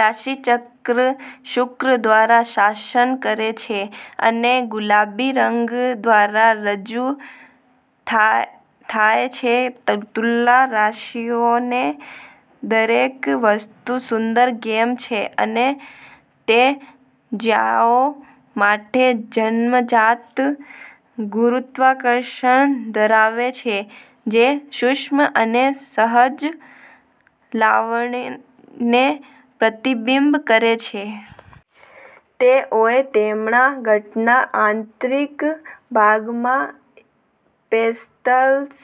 રાશિચક્ર શુક્ર દ્વારા શાસન કરે છે અને "ગુલાબી" રંગ દ્વારા રજૂ થાય છે. તુલા રાશિઓને દરેક વસ્તુ સુંદર ગમે છે અને તે જગ્યાઓ માટે જન્મજાત ગુરુત્વાકર્ષણ ધરાવે છે જે સૂક્ષ્મ અને સહજ લાવણ્યને પ્રતિબિંબિત કરે છે. તેઓએ તેમના ઘરના આંતરિક ભાગમાં પેસ્ટલ્સ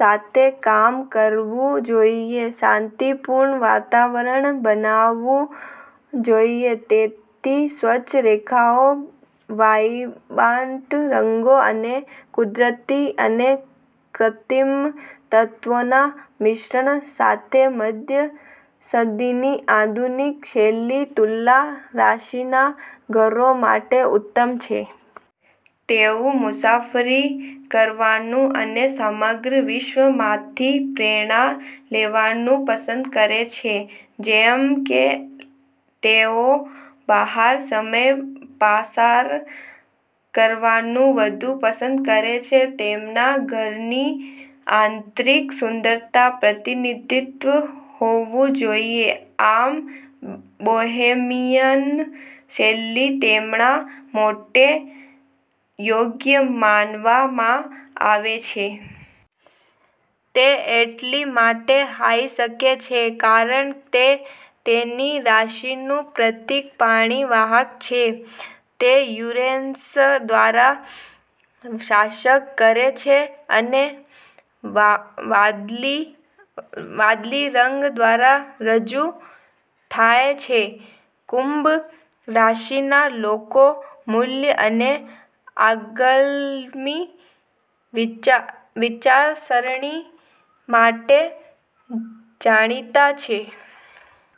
સાથે કામ કરવું જોઈએ, શાંતિપૂર્ણ વાતાવરણ બનાવવું જોઈએ. તેથી, સ્વચ્છ રેખાઓ, વાઇબ્રન્ટ રંગો અને કુદરતી અને કૃત્રિમ તત્વોના મિશ્રણ સાથે મધ્ય સદીની આધુનિક શૈલી તુલા રાશિના ઘરો માટે ઉત્તમ છે. તેઓ મુસાફરી કરવાનું અને સમગ્ર વિશ્વમાંથી પ્રેરણા લેવાનું પસંદ કરે છે. જેમ કે તેઓ બહાર સમય પસાર કરવાનું વધુ પસંદ કરે છે, તેમના ઘરની આંતરિક સુંદરતાનું પ્રતિનિધિત્વ હોવું જોઈએ. આમ, બોહેમિયન શૈલી તેમના માટે યોગ્ય માનવામાં આવે છે. તે એટલા માટે હોઈ શકે છે કારણ કે તેની રાશિનું પ્રતીક પાણી વાહક છે. તે યુરેનસ દ્વારા શાસન કરે છે અને "વાદળી" રંગ દ્વારા રજૂ થાય છે. કુંભ રાશિના લોકો મૂળ અને આગળની વિચારસરણી માટે જાણીતા છે.